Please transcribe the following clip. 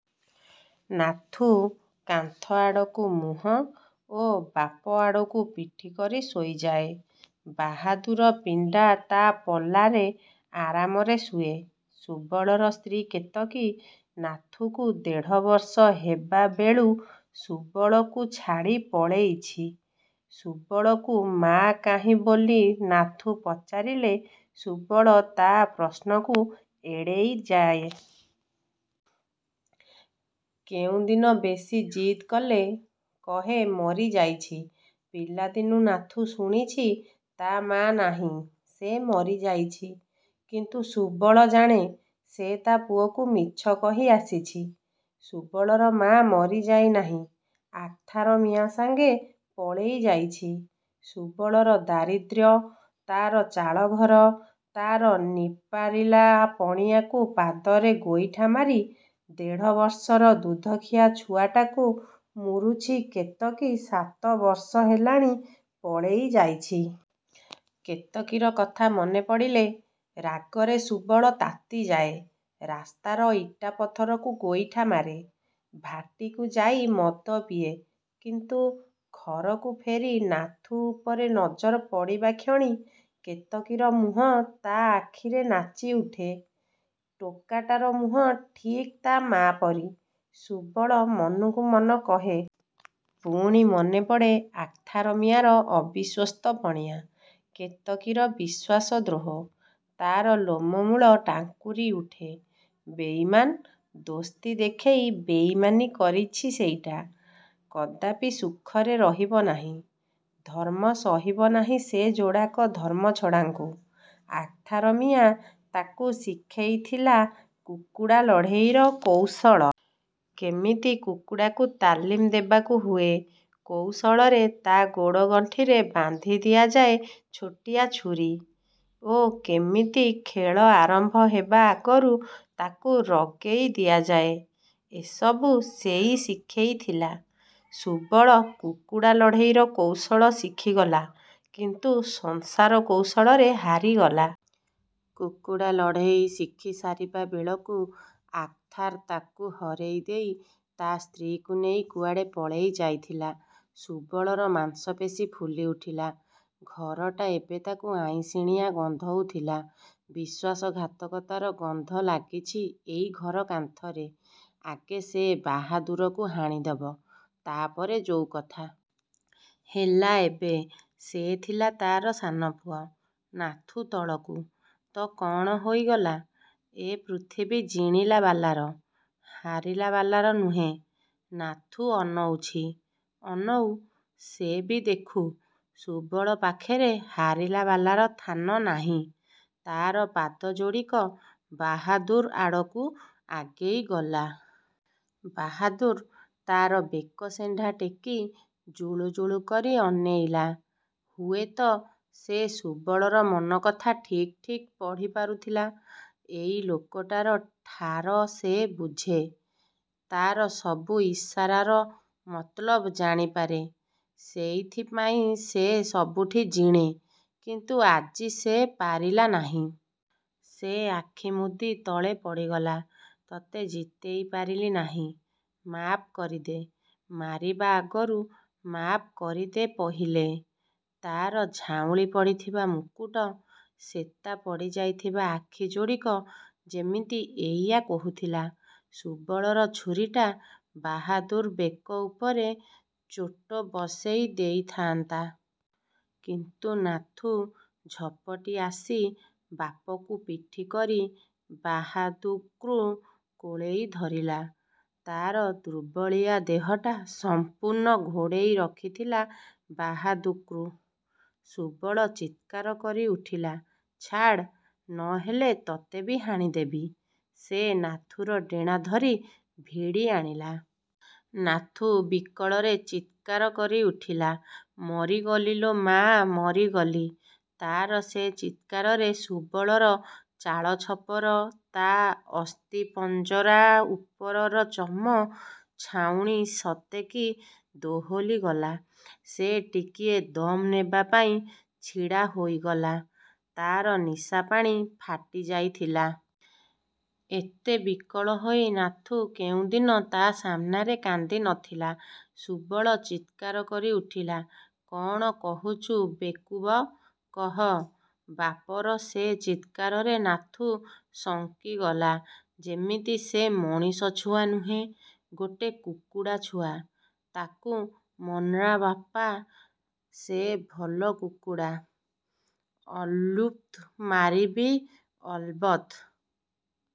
ନାଥୁ କାନ୍ଥ ଆଡ଼କୁ ମୁହଁ ଓ ବାପ ଆଡ଼କୁ ପିଠି କରି ଶୋଇଯାଏ। ବାହାଦୁର ପିଣ୍ଡା ତା ପଲାରେ ଆରାମରେ ଶୁଏ। ସୁବଳର ସ୍ତ୍ରୀ କେତକୀ ନାଥୁକୁ ଦେଢ଼ବର୍ଷ ହେବାବେଳୁ ସୁବଳକୁ ଛାଡ଼ି ପଳେଇଛି। ସୁବଳକୁ ମା କାହିଁ ବୋଲି ନାଥୁ ପଚାରିଲେ ସୁବଳ ତା ପ୍ରଶ୍ନକୁ ଏଡ଼େଇଯାଏ। କେଉଁଦିନ ବେଶି ଜିଦ୍ କଲେ କହେ ମରିଯାଇଛି। ପିଲାଦିନୁ ନାଥୁ ଶୁଣିଛି, ତା ମା ନାହିଁ। ସେ ମରିଯାଇଛି। କିନ୍ତୁ ସୁବଳ ଜାଣେ, ସେ ତା ପୁଅକୁ ମିଛ କହି ଆସିଛି। ସୁବଳର ମା ମରିଯାଇନାହିଁ, ଆଖ୍ତାର ମିଆଁ ସଙ୍ଗେ ପଳେଇଯାଇଛି। ସୁବଳର ଦାରିଦ୍ର୍ୟ, ତାର ଚାଳଘର, ତାର ନିପାରିଲା ପଣିଆକୁ ପାଦରେ ଗୋଇଠା ମାରି, ଦେଢ଼ବର୍ଷର ଦୁଧଖିଆ ଛୁଆଟାକୁ ମୂରୁଛି କେତକୀ ସାତବର୍ଷ ହେଲାଣି ପଳେଇଯାଇଛି। କେତକୀର କଥା ମନେପଡ଼ିଲେ ରାଗରେ ସୁବଳ ତାତିଯାଏ। ରାସ୍ତାର ଇଟାପଥରକୁ ଗୋଇଠା ମାରେ, ଭାଟିକୁ ଯାଇ ମଦ ପିଏ। କିନ୍ତୁ ଘରକୁ ଫେରି ନାଥୁ ଉପରେ ନଜର ପଡ଼ିବା କ୍ଷଣି କେତକୀର ମୁହଁ ତା ଆଖିରେ ନାଚି ଉଠେ। ଟୋକାଟାର ମୁହଁ ଠିକ୍ ତା ମା ପରି, ସୁବଳ ମନକୁ ମନ କହେ। ପୁଣି ମନେପଡ଼େ ଆଖ୍ତାର ମିଆଁର ଅବିଶ୍ୱସ୍ତ ପଣିଆ, କେତକୀର ବିଶ୍ୱାସଦ୍ରୋହ। ତାର ଲୋମମୂଳ ଟାଙ୍କୁରି ଉଠେ। ବେଇମାନ ଦୋସ୍ତି ଦେଖେଇ ବେଇମାନି କରିଛି ସେଇଟା, କଦାପି ସୁଖରେ ରହିବ ନାହିଁ। ଧର୍ମ ସହିବ ନାହିଁ ସେ ଯୋଡ଼ାକ ଧର୍ମଛଡ଼ାଙ୍କୁ। ଆଖ୍ତାର ମିଆଁ ତାକୁ ଶିଖେଇଥିଲା କୁକୁଡ଼ା ଲଢ଼େଇର କୌଶଳ। କେମିତି କୁକୁଡ଼ାକୁ ତାଲିମ ଦେବାକୁ ହୁଏ, କଉଶଳରେ ତା ଗୋଡ଼ ଗଣ୍ଠିରେ ବାନ୍ଧି ଦିଆଯାଏ ଛୋଟିଆ ଛୁରୀ ଓ କେମିତି ଖେଳ ଆରମ୍ଭ ହେବା ଆଗରୁ ତାକୁ ରଗେଇ ଦିଆଯାଏ, ଏସବୁ ସେଇ ଶିଖେଇଥିଲା। ସୁବଳ କୁକୁଡ଼ା ଲଢ଼େଇର କୌଶଳ ଶିଖିଗଲା, କିନ୍ତୁ ସଂସାର କୌଶଳରେ ହାରିଗଲା। କୁକୁଡ଼ା ଲଢ଼େଇ ଶିଖିସାରିବା ବେଳକୁ ଆଖ୍ତାର୍ ତାକୁ ହରେଇ ଦେଇ ତା ସ୍ତ୍ରୀକୁ ନେଇ କୁଆଡ଼େ ପଳେଇ ଯାଇଥିଲା। ସୁବଳର ମାଂସପେଶୀ ଫୁଲି ଉଠିଲା। ଘରଟା ଏବେ ତାକୁ ଆଇଁଷିଣିଆ ଗନ୍ଧଉଥିଲା। ବିଶ୍ୱାସଘାତକତାର ଗନ୍ଧ ଲାଗିଛି ଏଇ ଘର କାନ୍ଥରେ। ଆଗେ ସେ ବାହାଦୁରକୁ ହାଣିଦେବ, ତାପରେ ଯୋଉ କଥା। ହେଲା ଏବେ, ସେ ଥିଲା ତାର ସାନପୁଅ, ନାଥୁ ତଳକୁ ତ କଣ ହୋଇଗଲା ଏ ପୃଥିବୀ ଜିଣିଲାବାଲାର। ହାରିଲାବାଲାର ନୁହେଁ। ନାଥୁ ଅନଉଛି, ଅନଉ ସେ ବି ଦେଖୁ, ସୁବଳ ପାଖରେ ହାରିବାବାଲାର ଥାନ ନାହିଁ। ତାର ପାଦ ଯୋଡ଼ିକ ବାହାଦୁର୍ ଆଡ଼କୁ ଆଗେଇଗଲା। ବାହାଦୁର୍ ତାର ବେକ ଶଣ୍ଢା ଟେକି ଜୁଳୁଜୁଳୁ କରି ଅନେଇଲା। ହୁଏତ ସେ ସୁବଳର ମନକଥା ଠିକ୍ ଠିକ୍ ପଢ଼ି ପାରୁଥିଲା। ଏଇ ଲୋକଟାର ଠାର ସେ ବୁଝେ ତାର ସବୁ ଇସାରାର ମତଲବ ଜାଣିପାରେ। ସେଇଥିପାଇଁ ସେ ସବୁଠି ଜିଣେ କିନ୍ତୁ ଆଜି ସେ ପାରିଲା ନାହିଁ। ସେ ଆଖିମୁଦି ତଳେ ପଡ଼ିଗଲା, ତୋତେ ଜିତେଇ ପାରିଲି ନାହିଁ, ମାଫ୍ କରିଦେ ମାରିବା ଆଗରୁ ମାଫ୍ କରିଦେ ପହିଲେ, ତାର ଝାଉଁଳି ପଡ଼ିଥିବା ମୁକୁଟ, ଶେତା ପଡ଼ିଯାଇଥିବା ଆଖିଯୋଡ଼ିକ ଯେମିତି ଏଇଆ କହୁଥିଲା। ସୁବଳର ଛୁରୀଟା ବାହାଦୁର୍ ବେକ ଉପରେ ଚୋଟ ବସେଇ ଦେଇଥାଆନ୍ତା। କିନ୍ତୁ ନାଥୁ ଝପଟି ଆସି ବାପକୁ ପିଠି କରି ବାହାଦୁର୍କୁ କୋଳେଇ ଧରିଲା। ତାର ଦୁର୍ବଳିଆ ଦେହଟା ସଂପୂର୍ଣ୍ଣ ଘୋଡ଼େଇ ରଖିଥିଲା ବାହାଦୁର୍କୁ। ସୁବଳ ଚିତ୍କାର କରି ଉଠିଲା, ଛାଡ୍ ନ ହେଲେ ତୋତେ ବି ହାଣିଦେବି। ସେ ନାଥୁର ଡେଣା ଧରି ଭିଡ଼ି ଆଣିଲା। ନାଥୁ ବିକଳରେ ଚିତ୍କାର କରି ଉଠିଲା, ମରିଗଲି ଲୋ ମା, ମରିଗଲି ତାର ସେ ଚିତ୍କାରରେ ସୁବଳର ଚାଳଛପର, ତା ଅସ୍ଥିପଞ୍ଜରା ଉପରର ଚମ ଛାଉଣି ସତେ କି ଦୋହଲିଗଲା। ସେ ଟିକିଏ ଦମ୍ ନେବା ପାଇଁ ଛିଡ଼ା ହୋଇଗଲା। ତାର ନିଶା ପାଣି ଫାଟିଯାଇଥିଲା। ଏତେ ବିକଳ ହୋଇ ନାଥୁ କେଉଁଦିନ ତା ସାମ୍ନାରେ କାନ୍ଦି ନଥିଲା। ସୁବଳ ଚିତ୍କାର କରି ଉଠିଲା, କଣ କହୁଛୁ ବେକୁବ କହ ବାପର ସେ ଚିତ୍କାରରେ ନାଥୁ ଶଙ୍କିଗଲା। ଯେମିତି ସେ ମଣିଷଛୁଆ ନୁହେଁ, ଗୋଟେ କୁକୁଡ଼ାଛୁଆ। ତାକୁ ମାର୍ନା ବାପା। ସେ ଭଲ କୁକୁଡ଼ା। ଅଲ୍ବତ୍ ମାରିବି। ଅଲବତ୍।